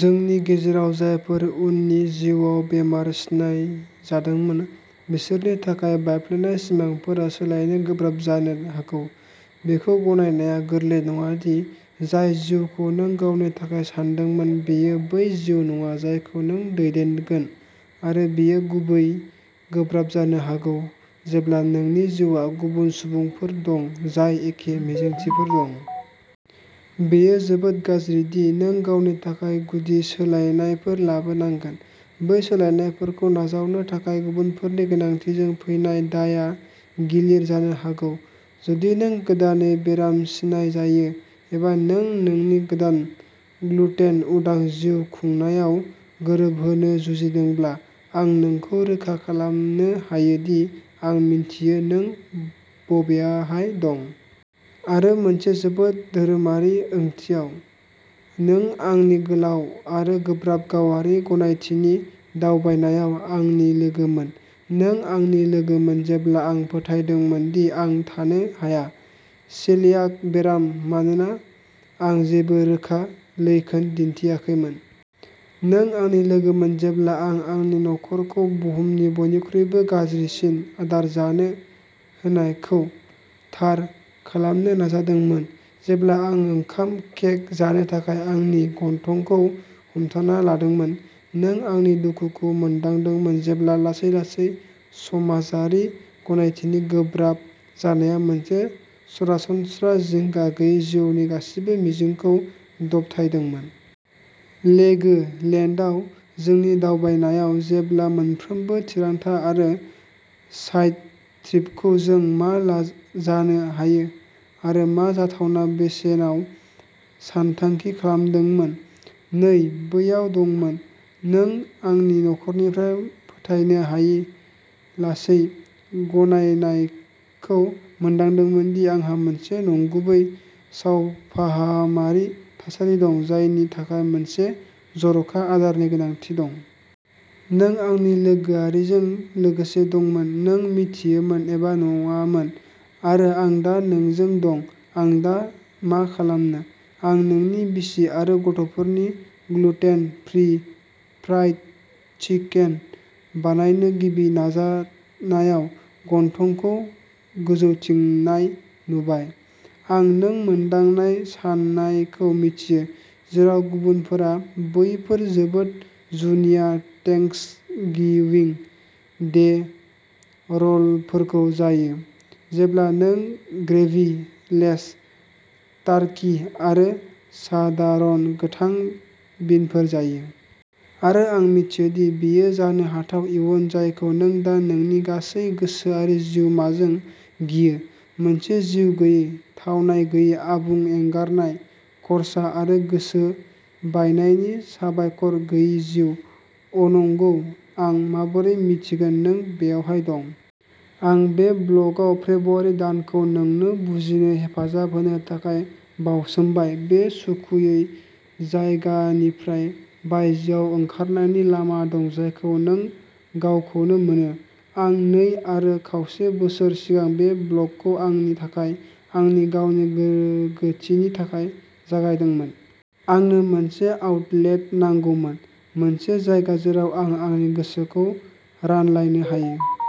जोंनि गेजेराव जायफोरा उननि जिउआव बेराम सिनायजादोंमोन, बिसोरनि थाखाय बायफ्लेनाय सिमांफोरा सोलायनो गोब्राब जानो हागौ। बेखौ गनायनाया गोरलै नङा दि जाय जिउखौ नों गावनि थाखाय सानदोंमोन, बेयो बै जिउ नङा जायखौ नों दैदेनगोन, आरो बेयो गुबैयै गोब्राब जानो हागौ जेब्ला नोंनि जिउआव गुबुन सुबुंफोर दं जाय एखे मिजिंफोर दं। बेयो जोबोद गाज्रि दि नों गावनि थाखाय गुदि सोलायनायफोर लाबोनांगोन; बै सोलायनायफोरखौ नाजावनो थाखाय गुबुनफोरनि गोनांथिजों फैनाय दायआ गिलिर जानो हागौ। जुदि नों गोदानै बेराम सिनायजायो एबा नों नोंनि गोदान ग्लुटेन-उदां जिउ खुंनायाव गोरोबहोनो जुजिदोंब्ला, आं नोंखौ रोखा खालामनो हायो दि आं मिन्थियो नों बबेहाय दं। आरो मोनसे जोबोद धोरोमारि ओंथियाव, नों आंनि गोलाव आरो गोब्राब गावारि गनायथिनि दावबायनायाव आंनि लोगोमोन। नों आंनि लोगोमोन जेब्ला आं फोथायदोंमोन दि आं थानो हाया। सेलियाक बेराम मानोना आं जेबो रोखा लैखोन दिन्थियाखैमोन। नों आंनि लोगोमोन जेब्ला आं आंनि नखरखौ बुहुमनि बयनिख्रुइबो गाज्रिसिन "आदार" जानो होनायखौ थार खालामनो नाजादोंमोन, जेब्ला आं ओंखाम केक जानो थाखाय आंनि गन्थंखौ हमथाना लादोंमोन। नों आंनि दुखुखौ मोनदांदोंमोन जेब्ला लासै-लासै समाजारि गनायथिनि गोब्राब जानाया मोनसे "सरासनस्रा" जिंगा गैयै जिउनि गासिबो मिजिंखौ दबथायदोंमोन। लेगो लेन्डआव जोंनि दावबायनायाव, जेब्ला मोनफ्रोमबो थिरांथा आरो साइड ट्रिपखौ जों मा ला जानो हायो आरो मा जाथावना बेसेनाव सानथांखि खालामनांदोंमोन, नों बैयाव दंमोन। नों आंनि नखरनिफ्राय फोथायनो हायै लासै गनायनायखौ मोनदांदोंमोन दि आंहा मोनसे "नंगुबै" सावफाहामारि थासारि दं जायनि थाखाय मोनसे जर'खा आदारनि गोनांथि दं। नों आंनि गोसोआरिजों लोगोसे दंमोन, नों मिथियोमोन एबा नङामोन। आरो आं दा नोंजों दं! "आं दा मा खालामनो?" आं नोंनि बिसि आरो गथ'फोरनि ग्लुटेन-फ्रि फ्राइड चिकेन बानायनो गिबि नाजानायाव गन्थंखौ गोजौथिंनाय नुबाय। आं नों मोन्दांनाय सानायखौ मिथियो, जेराव गुबुनफोरा बैफोर जोबोद जुनिया थेंक्सगिविं डे र'लफोरखौ जायो, जेब्ला नों ग्रेभि-लेस टार्कि आरो सादारन गोथां बिनफोर जायो। आरो आं मिथियो दि बेयो जानो हाथाव इयुन जायखौ नों दा नोंनि गासै गोसो आरो जिउमाजों गियो, मोनसे जिउ गैयै, थावनाय गैयै, आबुं एंगारनाय, खर्सा आरो गोसो बायनायनि साबायखर गैयै जिउ। अ'नंगौ, आं माबोरै मिन्थिगोन नों बबेहाय दं! आं बे ब्लगआव फेब्रुआरि दानखौ नोंनो बुजिनो हेफाजाब होनो थाखाय बावसोमबाय बे सुखुयै जायगानिफ्राय "बायजोआव" ओंखारनायनि लामा दं जायखौ नों गावखौनो मोनो। आं नै आरो खावसे बोसोर सिगां बे ब्लगखौ आंनि थाखाय, आंनि गावनि गोगोथिनि थाखाय जागायदोंमोन। आंनो मोनसे आउटलेट नांगौमोन, मोनसे जायगा जेराव आं आंनि गोसोखौ रानलायनो हायो।